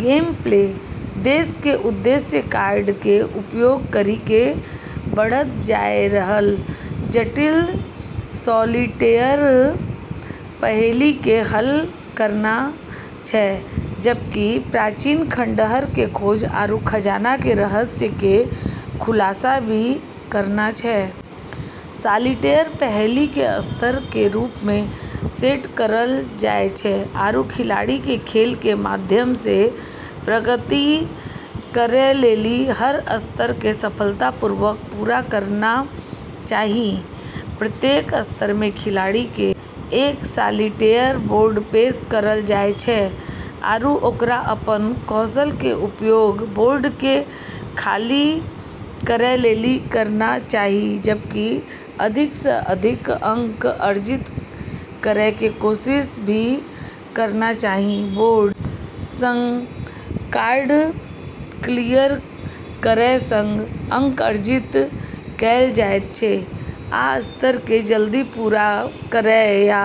Gameplay खेल के उद्देश्य कार्ड के उपयोग करी के बढ़त जाय रहलऽ जटिल सॉलिटेयर पहेली के हल करना छै, जबकि प्राचीन खंडहर के खोज आरू खजाना के रहस्य के खुलासा भी करना छै, सॉलिटेयर पहेली के स्तर के रूप मे सेट करलऽ जाय छै आरू खिलाड़ी के खेल के माध्यम से प्रगति करै लेली हर स्तर के सफलतापूर्वक पूरा करना चाहि, प्रत्येक स्तर मे खिलाड़ी के एक सॉलिटेयर बोर्ड पेश करलऽ जाय छै आरू ओकरा अपनऽ कौशल के उपयोग बोर्ड के खाली करै लेली करना चाहि जबकि अधिक से अधिक अंक अर्जित करै के कोशिश भी करना चाहि, बोर्ड सं कार्ड क्लियर करय सं अंक अर्जित कैल जायत छै आ स्तर कें जल्दी पूरा करय या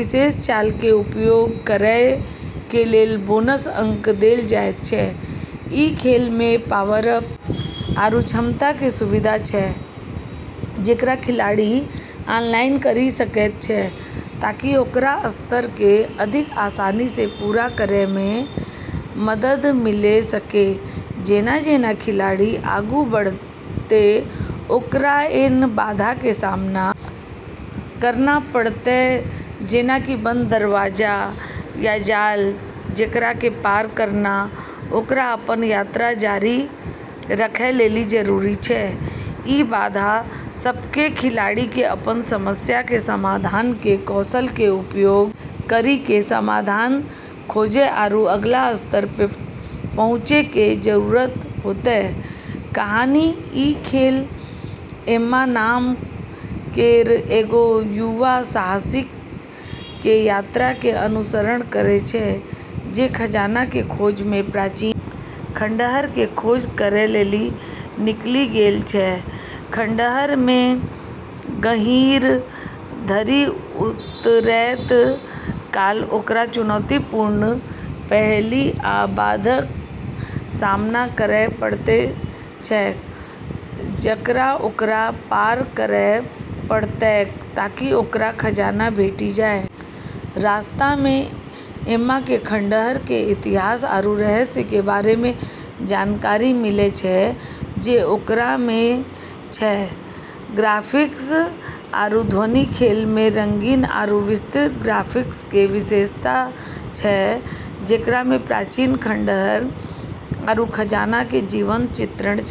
विशेष चाल कें उपयोग करय कें लेल बोनस अंक देल जायत छै, ई खेल मे पावर-अप आरू क्षमता के सुविधा छै जेकरा खिलाड़ी अनलॉक करी सकै छै ताकि ओकरा स्तर के अधिक आसानी से पूरा करै मे मदद मिले सके जेना-जेना खिलाड़ी आगू बढ़तै ओकरा ऐन्हऽ बाधा के सामना करना पड़तै जेना कि बंद दरवाजा या जाल जेकरा पार करना ओकरा अपनऽ यात्रा जारी रखै लेली जरूरी छै, ई बाधा सब के खिलाड़ी के अपनऽ समस्या के समाधान के कौशल के उपयोग करी के समाधान खोजै आरू अगला स्तर पे पहुँचै के जरूरत होतै, कहानी ई खेल एम्मा नाम केरऽ एगो युवा साहसिक के यात्रा के अनुसरण करै छै जे खजाना के खोज मे प्राचीन खंडहर के खोज करै लेली निकली गेलऽ छै, खंडहर मे गहींर धरि उतरैत काल ओकरा चुनौतीपूर्ण पहेली आ बाधाक सामना करय पड़ैत छैक जकरा ओकरा पार करय पड़तैक ताकि ओकरा खजाना भेटि जाय, रास्ता में एम्मा के खंडहर के इतिहास आरू रहस्य के बारे में अधिक जानकारी मिलै छै जे ओकरा में छै, ग्राफिक्स आरू ध्वनि खेल मे रंगीन आरू विस्तृत ग्राफिक्स के विशेषता छै जेकरा मे प्राचीन खंडहर आरू खजाना के जीवंत चित्रण छै।